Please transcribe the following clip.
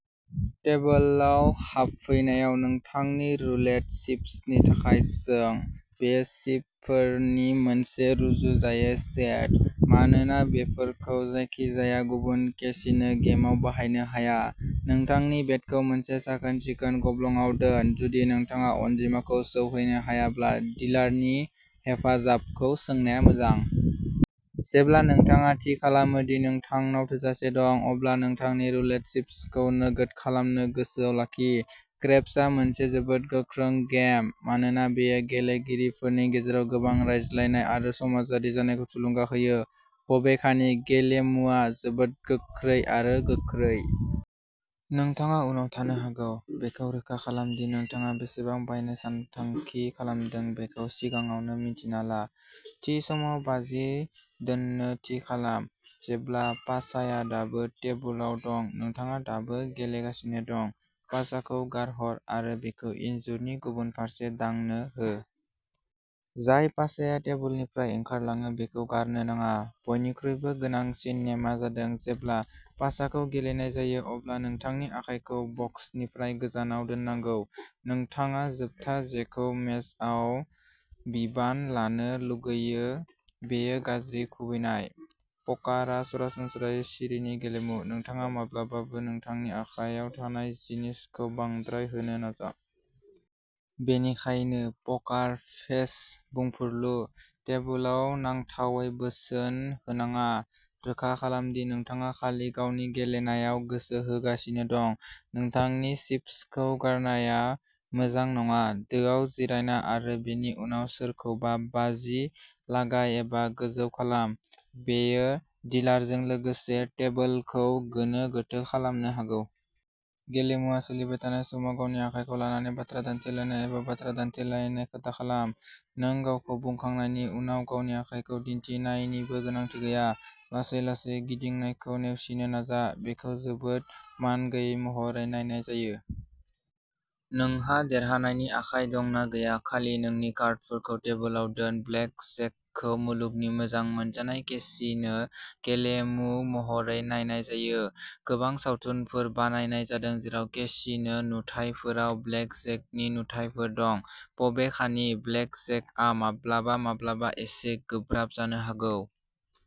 टेबोलआव हाबफैनायाव, नोंथांनि रुलेट चिप्सनि थाखाय सों। बेयो चिपफोरनि मोनसे रुजुजायै सेट, मानोना बेफोरखौ जायखिजाया गुबुन केसिनो गेमआव बाहायनो हाया। नोंथांनि बेटखौ मोनसे साखोन-सिखोन गब्लंआव दोन, जुदि नोंथाङा अनजिमाखौ सौहैनो हायाब्ला डिलारनि हेफाजाबखौ सोंनाया मोजां। जेब्ला नोंथाङा थि खालामो दि नोंथांनाव थोजासे दं, अब्ला नोंथांनि रुलेट चिप्सखौ नोगोद खालामनो गोसोआव लाखि। क्रेप्सआ मोनसे जोबोद गोख्रों गेम, मानोना बेयो गेलेगिरिफोरनि गेजेराव गोबां रायज्लायनाय आरो समाजारि जानायखौ थुलुंगा होयो। बबेखानि, गेलेमुआ जोबोद गोख्रै आरो गोख्रै। नोंथाङा उनाव थानो हागौ। बेखौ रोखा खालाम दि नोंथाङा बेसेबां बायनो सानथांखि खालामदों बेखौ सिगाङावनो मिन्थिना ला। थि समाव बाजि दोन्नो थि खालाम, जेब्ला पासाया दाबो टेबुलआव दं, नोंथाङा दाबो गेलेगासिनो दं। पासाखौ गारहर आरो बेखौ इनजुरनि गुबुन फारसे दांनो हो। जाय पासाया टेबुलनिफ्राय ओंखारलाङो बेखौ गारनो नाङा। बयनिख्रुइबो गोनांसिन नेमआ जादों जेब्ला पासाखौ गेलेनाय जायो, अब्ला नोंथांनि आखाइखौ बक्सनिफ्राय गोजानाव दोननांगौ। नोंथाङा जोबथा जेखौ मेजआव बिबान लानो लुगैयो बेयो गाज्रि खुबैनाय। पकारआ सरासनस्रायै सिरिनि गेलेमु; नोंथाङा माब्लाबाबो नोंथांनि आखायाव थानाय जिनिसखौ बांद्राय होनो नाजा। बेनिखायनो,'पकार फेस'बुंफुरलु। टेबुलआव नांथावै बोसोन होनाङा। रोखा खालाम दि नोंथाङा खालि गावनि गेलेनायाव गोसो होगासिनो दं। नोंथांनि चिप्सखौ गारनाया मोजां नङा। दोआव जिरायना आरो बेनि उनाव सोरखौबा बाजि लागाय एबा गोजौ खालाम; बेयो डिलारजों लोगोसे टेबोलखौ गोनो-गोथो खालामनो हागौ। गेलेमुआ सोलिबाय थानाय समाव गावनि आखाइखौ लानानै बाथ्रा दान्थेलायनाय एबा बाथ्रा दान्थेलायनाय दाखालाम। नों गावखौ बुंखांनायनि उनाव गावनि आखाइखौ दिन्थिनायनिबो गोनांथि गैया। लासै लासै गिदिंनायखौ नेवसिनो नाजा, बेखौ जोबोद मानगैयै महरै नायनाय जायो। नोंहा देरहानायनि आखाइ दं ना गैया, खालि नोंनि कार्डफोरखौ टेबोलाव दोन। ब्लेकजेकखौ मुलुगनि मोजां मोनजानाय केसिनो गेलेमु महरै नायनाय जायो। गोबां सावथुनफोर बानायनाय जादों जेराव केसिनो नुथायफोराव ब्लेकजेकनि नुथाइफोर दं। बबेखानि, ब्लेकजेकआ माब्लाबा माब्लाबा एसे गोब्राब जानो हागौ।